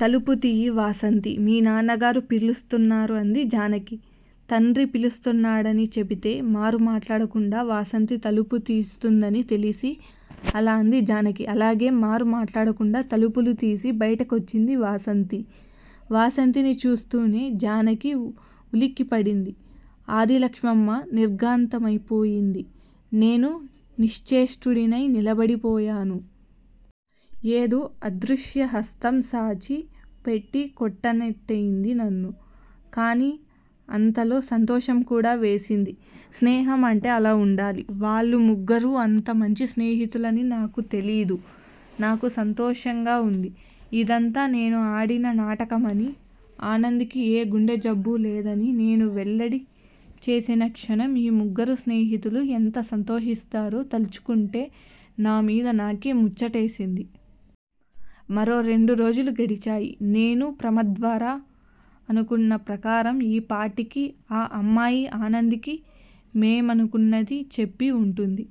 తలుపు తియ్యి వాసంతీ! మీ నాన్నగారు పిలుస్తున్నారు అంది జానకి. తండ్రి పిలుస్తున్నాడని చెపితే మారుమాట్లాడకుండా వాసంతి తలుపు తీస్తుందని తెలిసి అలా అంది జానకి. అలాగే మారు మాట్లాడకుండ తలుపులు తీసి బైటకొచ్చింది వాసంతి. వాసంతిని చూస్తూనే జానకి ఉలిక్కిపడింది. ఆదిలక్ష్మమ్మ నిర్ఘాంతపోయింది. నేను నిశ్చేష్టుడినై నిలబడి పోయాను. ఏదో అదృశ్య హస్తం సాచి పెట్టి కొట్టినట్టయింది నన్ను. కానీ అంతలో సంతోషం కూడా వేసింది. స్నేహం అంటే అలా వుండాలి. వాళ్ళు ముగ్గురూ అంత మంచి స్నేహితులని నాకు తెలీదు. నాకు సంతోషంగా వుంది. ఇదంతా నేను ఆడిన నాటకమనీ, ఆనంద్ కి ఏ గుండె జబ్బూ లేదని నేను వెల్లడి చేసిన క్షణం ఈ ముగ్గురు స్నేహితులూ ఎంత సంతోషిస్తారో తల్చుకుంటే నా మీద నాకే ముచ్చటేసింది. మరో రెండు రోజులు గడిచాయి. నేనూ ప్రమద్వరా అనుకున్న ప్రకారం ఈ పాటికి ఆ అమ్మాయి ఆనంద్ కి మేమనుకున్నది చెప్పి వుంటుంది.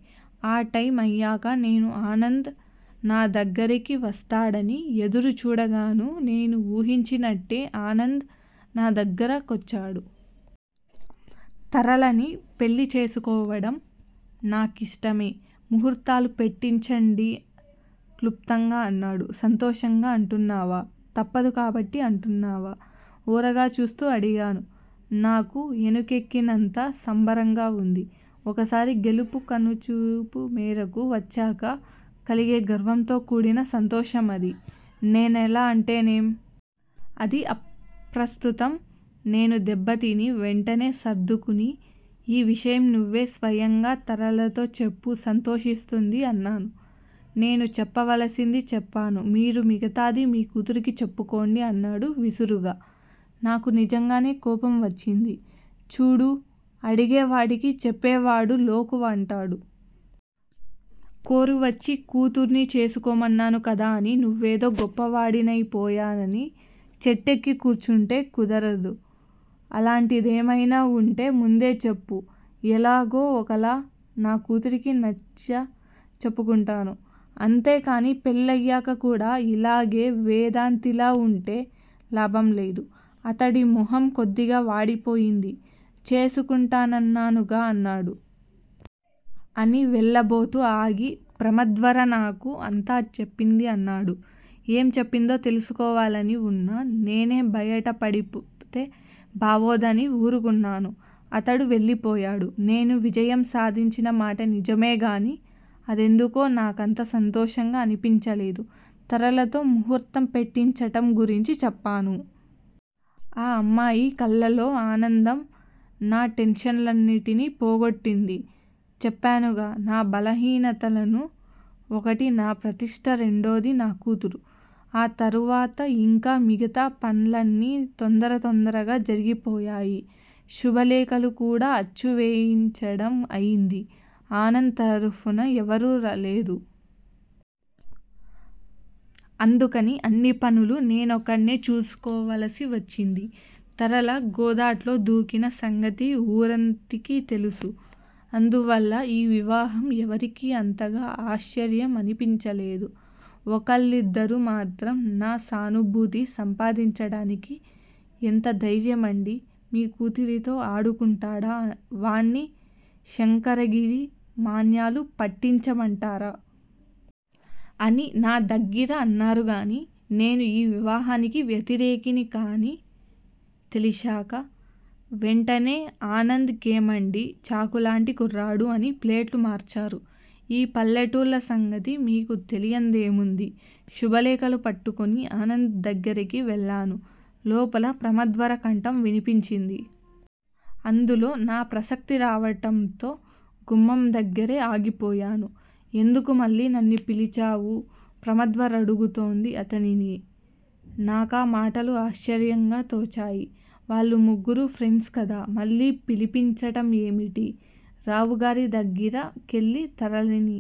ఆ టైమ్ అయ్యాక నేను ఆనంద్ నా దగ్గిరకి వస్తాడని ఎదురు చూడసాగాను. నేను వూహించినట్టే ఆనంద్ నా దగ్గిర కొచ్చాడు. తరళని పెళ్ళి చేసుకోవటం నా కిష్టమే. ముహూర్తాలు పెట్టించండి క్లుప్తంగా అన్నాడు. సంతోషంగా అంటున్నావా? తప్పదు కాబట్టి అంటున్నావా? ఓరగా చూస్తూ అడిగాను. నాకు ఏనుగెక్కినంత సంబరంగా వుంది. ఒకసారి గెలుపు కనుచూపు మేరకు వచ్చాక కలిగే గర్వంతో కూడిన సంతోషం అది. నేనెలా అంటేనేం? అది అప్రస్తుతం. నేను దెబ్బతిని, వెంటనే సర్దుకుని, ఈ విషయం నువ్వే స్వయంగా తరళతో చెప్పు సంతోషిస్తుంది అన్నాను. నేను చెప్పవలసింది చెప్పాను. మీరు మిగతాది మీ కూతురికి చెప్పుకోండి అన్నాడు విసురుగా. నాకు నిజంగానే కోపం వచ్చింది. చూడూ! అడిగే వాడికి చెప్పేవాడు లోకువ అంటారు. కోరివచ్చి కూతుర్ని చేసుకోమన్నాను కదా అని నువ్వేదో గొప్పవాడినై పోయాయని చెట్టెక్కి కూర్చుంటే కుదర్దు. అలాంటిదేమైనా వుంటే ముందే చెప్పు ఎలాగో ఒకలా నా కూతురికి నచ్చ చెప్పుకుంటాను. అంతేకాని, పెళ్ళయ్యాక కూడా ఇలాగే వేదాంతిలా వుంటే లాభంలేదు. అతడి మొహం కొద్దిగా వాడిపోయింది. చేసుకుంటానన్నానుగా అన్నాడు. అని వెళ్ళ బోతూ ఆగి, ప్రమద్వర నాకు అంతా చెప్పింది అన్నాడు. ఏం చెప్పిందో తెలుసుకోవాలని వున్నా నేనే బయట పడితే బావోదని వూరుకున్నాను. అతడు వెళ్ళిపోయాడు. నేను విజయం సాధించిన మాట నిజమే గానీ, అదెందుకో నా కంత సంతోషంగా అనిపించలేదు. తరళతో ముహూర్తం పెట్టించటం గురించి చెప్పాను. ఆ అమ్మాయి కళ్ళలో ఆనందం- నా టెన్షన్లన్నిటినీ పోగొట్టింది. చెప్పానుగా నా బలహీనతలు ఒకటి నా ప్రతిష్ట రెండోది నా కూతురు. ఆ తరువాత ఇంకా మిగతా పన్లన్నీ తొందర తొందరగా జరిగిపోయాయి. శుభలేఖలు కూడా అచ్చు వేయించడం అయింది. ఆనంద్ తరఫున ఎవరూ లేరు. అందుకని అన్ని పనులూ నేనొక్కన్నే చూసుకోవలసి వచ్చింది. తరళ గోదాట్లో దూకిన సంగతి ఊరంటికీ తెలుసు. అందువల్ల ఈ వివాహం ఎవరికీ అంతగా ఆశ్చర్యం అనిపించలేదు. ఒకళ్ళిద్దరు మాత్రం నా సానుభూతి సంపాదించటానికి- ఎంత ధైర్యమండి, మీ కూతురితో ఆడుకుంటాడా- వాన్ని శంకరగిరి మాన్యాలు పట్టించమంటారా? అని నా దగ్గిర అన్నారు గానీ, నేను ఈ వివాహానికి వ్యతిరేకిని కానని తెలిశాక, వెంటనే ఆనంద్ కేమండీ? చాకులాంటి కుర్రాడు అని ప్లేటు మార్చారు. ఈ పల్లెటూళ్ళ సంగతి మీకు తెలియన్దేముంది? శుభలేఖలు పట్టుకుని ఆనంద్ దగ్గిరకి వెళ్ళాను. లోపల ప్రమద్వర కంఠం వినిపించింది. అందులో నా ప్రసక్తి రావటంతో గుమ్మం దగ్గిరే ఆగిపోయాను. ఎందుకు మళ్ళీ నన్ను పిలిపించావు? ప్రమద్వర అడుగుతోంది అతడిని. నాకా మాటలు ఆశ్చర్యంగా తోచాయి. వాళ్ళు ముగ్గురూ ఫ్రెండ్స్ కదా మళ్ళీ పిలిపించటం ఏమిటి? రావుగారి దగ్గిర కెళ్ళి తరళని